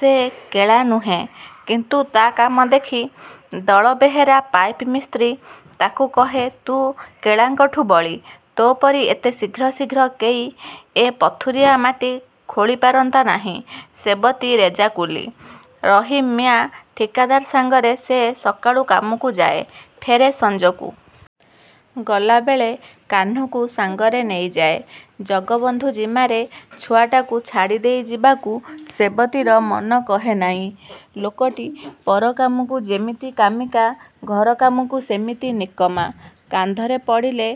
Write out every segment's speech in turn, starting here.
ସେ କେଳା ନୁହେଁ, କିନ୍ତୁ ତା କାମ ଦେଖି ଦଳବେହେରା ପାଇପ ମିସ୍ତ୍ରି ତାକୁ କହେ ତୁ କେଳାଙ୍କଠୁଁ ବଳି। ତୋ ପରି ଏତେ ଶୀଘ୍ର ଶୀଘ୍ର କେହି ଏ ପଥୁରିଆ ମାଟି ଖୋଳିପାରନ୍ତା ନାହିଁ। ସେବତୀ ରେଜାକୁଲି। ରହିମ୍ ମିଆଁ ଠିକାଦାର ସାଙ୍ଗରେ ସେ ସକାଳୁ କାମକୁ ଯାଏ, ଫେରେ ସଂଜକୁ। ଗଲାବେଳେ କାହ୍ନୁକୁ ସାଙ୍ଗରେ ନେଇଯାଏ। ଜଗବନ୍ଧୁ ଜିମାରେ ଛୁଆଟାକୁ ଛାଡ଼ିଦେଇ ଯିବାକୁ ସେବତୀର ମନ କହେ ନାହିଁ। ଲୋକଟି ପରକାମକୁ ଯେମିତି କାମିକା, ଘରକାମକୁ ସେମିତି ନିକମା। କାନ୍ଧରେ ପଡ଼ିଲେ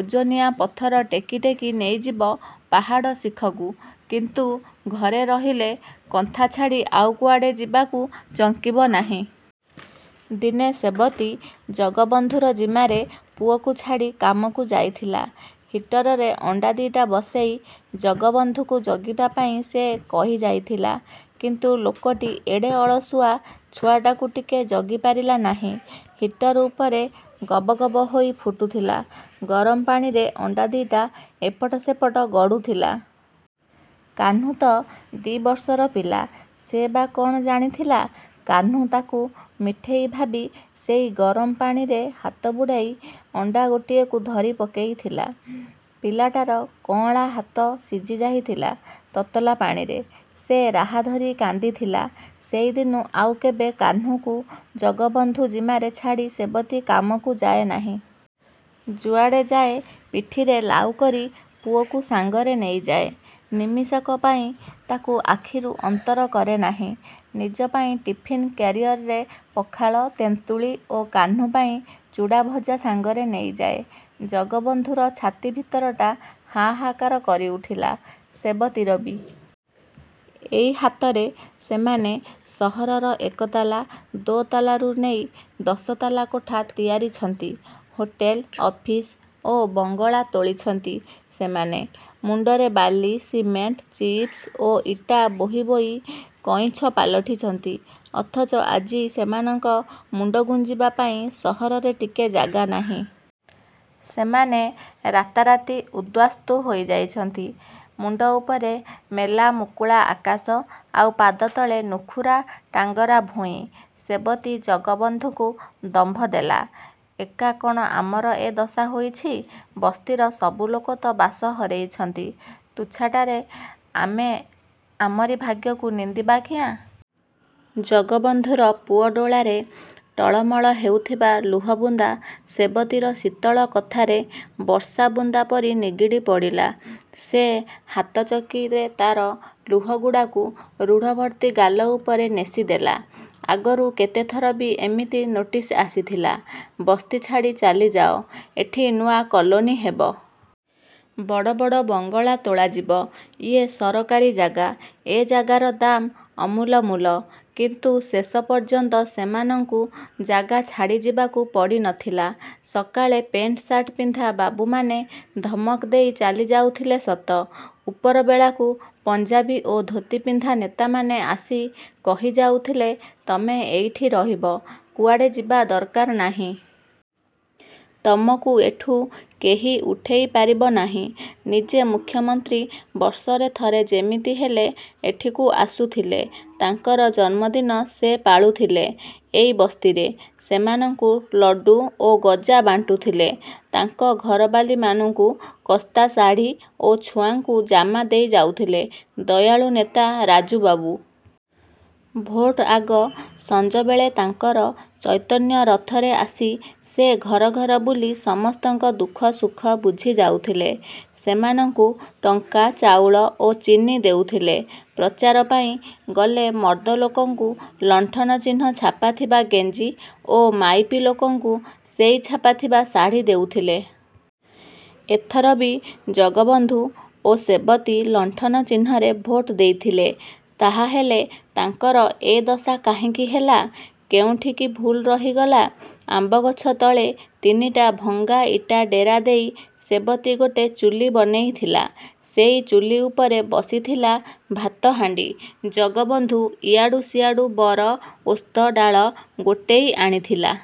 ଓଜନିଆ ପଥର ଟେକି ଟେକି ନେଇଯିବ ପାହାଡ଼ ଶିଖକୁ, କିନ୍ତୁ ଘରେ ରହିଲେ କନ୍ଥା ଛାଡ଼ି ଆଉ କୁଆଡ଼େ ଯିବାକୁ ଚଙ୍କିବ ନାହିଁ। ଦିନେ ସେବତୀ ଜଗବନ୍ଧୁର ଜିମାରେ ପୁଅକୁ ଛାଡ଼ି କାମକୁ ଯାଇଥିଲା। ହିଟରରେ ଅଣ୍ଡା ଦିଇଟା ବସେଇ ଜଗବନ୍ଧୁକୁ ଜଗିବା ପାଇଁ ସେ କହିଯାଇଥିଲା। କିନ୍ତୁ ଲୋକଟି ଏଡ଼େ ଅଳସୁଆ, ଛୁଆଟାକୁ ଟିକେ ଜଗି ପାରିଲା ନାହିଁ। ହିଟର୍ ଉପରେ ଗବ ଗବ ହୋଇ ଫୁଟୁଥିଲା ଗରମ ପାଣିରେ ଅଣ୍ଡା ଦିଇଟା ଏପଟ ସେପଟ ଗଡ଼ୁଥିଲା। କାହ୍ନୁ ତ ଦି ବର୍ଷର ପିଲା। ସେ ବା କଣ ଜାଣିଥିଲା? କାହ୍ନୁ ତାକୁ ମିଠେଇ ଭାବି ସେଇ ଗରମ ପାଣିରେ ହାତବୁଡ଼େଇ ଅଣ୍ଡା ଗୋଟିଏକୁ ଧରିପକେଇଥିଲା। ପିଲାଟାର କଆଁଳ ହାତ ସିଝିଯାଇଥିଲା ତତଲା ପାଣିରେ। ସେ ରାହା ଧରି କାନ୍ଦିଥିଲା...। ସେଇଦିନୁ ଆଉ କେବେ କାହ୍ନୁକୁ ଜଗବନ୍ଧୁ ଜିମାରେ ଛାଡ଼ି ସେବତୀ କାମକୁ ଯାଏ ନାହିଁ-। ଯୁଆଡ଼େ ଯାଏ ପିଠିରେ ଲାଉକରି ପୁଅକୁ ସାଂଗରେ ନେଇ ଯାଏ। ନିମିଷକ ପାଇଁ ତାକୁ ଆଖିରୁ ଅନ୍ତର କରେ ନାହିଁ। ନିଜ ପାଇଁ ଟିଫିନ୍ କ୍ୟାରିଅରରେ ପଖାଳ, ତେନ୍ତୁଳି ଓ କାହ୍ନୁ ପାଇଁ ଚୁଡ଼ାଭଜା ସାଙ୍ଗରେ ନେଇଯାଏ। ଜଗବନ୍ଧୁର ଛାତି ଭିତରଟା ହାହାକାର କରିଉଠିଲା। ସେବତୀର ବି। ଏଇ ହାତରେ ସେମାନେ ସହରର ଏକତାଲା, ଦୋତାଲାରୁ ନେଇ ଦଶତାଲା କୋଠା ତିଆରିଛନ୍ତି। ହୋଟେଲ୍, ଅଫିସ୍ ଓ ବଙ୍ଗଳା ତୋଳିଛନ୍ତି ସେମାନେ। ମୁଣ୍ଡରେ ବାଲି, ସିମେଣ୍ଟ, ଚିପ୍ସ ଓ ଇଟା ବୋହି ବୋହି କଇଁଛ ପାଲଟିଛନ୍ତି। ଅଥଚ ଆଜି ସେମାନଙ୍କ ମୁଣ୍ଡ ଗୁଂଜିବା ପାଇଁ ସହରରେ ଟିକେ ଜାଗା ନାହିଁ! ସେମାନେ ରାତାରାତି ଉଦ୍ବାସ୍ତୁ ହୋଇଯାଇଛନ୍ତି। ମୁଣ୍ଡ ଉପରେ ମେଲା ମୁକୁଳା ଆକାଶ ଆଉ ପାଦତଳେ ନୁଖୁରା ଟାଙ୍ଗରା ଭୂଇଁ। ସେବତୀ ଜଗବନ୍ଧୁକୁ ଦମ୍ଭ ଦେଲା, "ଏକା କଣ ଆମର ଏ ଦଶା ହୋଇଛି? ବସ୍ତିର ସବୁଲୋକ ତ ବାସ ହରେଇଛନ୍ତି। ତୁଚ୍ଛାଟାରେ ଆମେ ଆମରି ଭାଗ୍ୟକୁ ନିନ୍ଦିବା କିଆଁ? " ଜଗବନ୍ଧୁର ପୁଅ ଡୋଳାରେ ଟଳମଳ ହେଉଥିବା ଲୁହବୁନ୍ଦା ସେବତୀର ଶୀତଳ କଥାରେ ବର୍ଷାବୁନ୍ଦା ପରି ନିଗିଡ଼ିପଡ଼ିଲା। ସେ ହାତ ଚକିରେ ତାର ଲୁହଗୁଡ଼ାକୁ ରୁଢ଼ଭର୍ତ୍ତି ଗାଲ ଉପରେ ନେସିଦେଲା। ଆଗରୁ କେତେଥର ବି ଏମିତି ନୋଟିସ୍ ଆସିଥିଲା–ବସ୍ତି ଛାଡ଼ି ଚାଲିଯାଅ। ଏଠି ନୂଆ କଲୋନି ହେବ। ବଡ଼ ବଡ଼ ବଙ୍ଗଳା ତୋଳାଯିବ। ଇଏ ସରକାରୀ ଜାଗା, ଏ ଜାଗାର ଦାମ୍ ଅମୂଲ ମୂଲ। କିନ୍ତୁ ଶେଷ ପର୍ଯ୍ୟନ୍ତ ସେମାନଙ୍କୁ ଜାଗା ଛାଡ଼ି ଯିବାକୁ ପଡ଼ିନଥିଲା। ସକାଳେ ପେଣ୍ଟସାର୍ଟ ପିନ୍ଧା ବାବୁମାନେ ଧମକ ଦେଇ ଚାଲି ଯାଉଥିଲେ ସତ, ଉପରବେଳାକୁ ପଞ୍ଜାବି ଓ ଧୋତିପିନ୍ଧା ନେତାମାନେ ଆସି କହିଯାଉଥିଲେ, 'ତମେ ଏଇଠି ରହିବ, କୁଆଡ଼େ ଯିବା ଦରକାର ନାହିଁ। ତମକୁ ଏଠୁ କେହି ଉଠେଇପାରିବ ନାହିଁ। ' ନିଜେ ମୁଖ୍ୟମନ୍ତ୍ରୀ ବର୍ଷରେ ଥରେ ଯେମିତି ହେଲେ ଏଠିକୁ ଆସୁଥିଲେ। ତାଙ୍କର ଜନ୍ମଦିନ ସେ ପାଳୁଥିଲେ ଏଇ ବସ୍ତିରେ। ସେମାନଙ୍କୁ ଲଡୁ ଓ ଗଜା ବାଣ୍ଟୁଥିଲେ, ତାଙ୍କ ଘରବାଲୀମାନଙ୍କୁ କସ୍ତାଶାଢ଼ି ଓ ଛୁଆଙ୍କୁ ଜାମା ଦେଇଯାଉଥିଲେ। ଦୟାଳୁ ନେତା ରାଜୁବାବୁ! ଭୋଟ୍ ଆଗ ସଂଜବେଳେ ତାଙ୍କର ଚୈତନ୍ୟରଥରେ ଆସି ସେ ଘର ଘର ବୁଲି ସମସ୍ତଙ୍କ ଦୁଃଖସୁଖ ବୁଝି ଯାଉଥିଲେ। ସେମାନଙ୍କୁ ଟଙ୍କା, ଚାଉଳ ଓ ଚିନି ଦେଉଥିଲେ। ପ୍ରଚାର ପାଇଁ ଗଲେ ମର୍ଦ୍ଦଲୋକଙ୍କୁ ଲଣ୍ଠନ ଚିହ୍ନ ଛାପାଥିବା ଗେଂଜି ଓ ମାଇପିଲୋକଙ୍କୁ ସେଇ ଛାପାଥିବା ଶାଢ଼ି ଦେଉଥିଲେ। ଏଥର ବି ଜଗବନ୍ଧୁ ଓ ସେବତୀ ଲଣ୍ଠନ ଚିହ୍ନରେ ଭୋଟ୍ ଦେଇଥିଲେ। ତାହାହେଲେ ତାଙ୍କର ଏ ଦଶା କାହିଁକି ହେଲା? କୋଉଠି କି ଭୁଲ୍ ରହିଗଲା? ଆମ୍ବଗଛ ତଳେ ତିନିଟା ଭଙ୍ଗା ଇଟା ଡେରାଦେଇ ସେବତୀ ଗୋଟେ ଚୁଲି ବନେଇଥିଲା। ସେଇ ଚୁଲି ଉପରେ ବସିଥିଲା ଭାତହାଣ୍ଡି। ଜଗବନ୍ଧୁ ଇଆଡ଼ୁ ସିଆଡ଼ୁ ବର, ଅଶ୍ୱତ୍ଥ ଡାଳ ଗୋଟେଇ ଆଣିଥିଲା।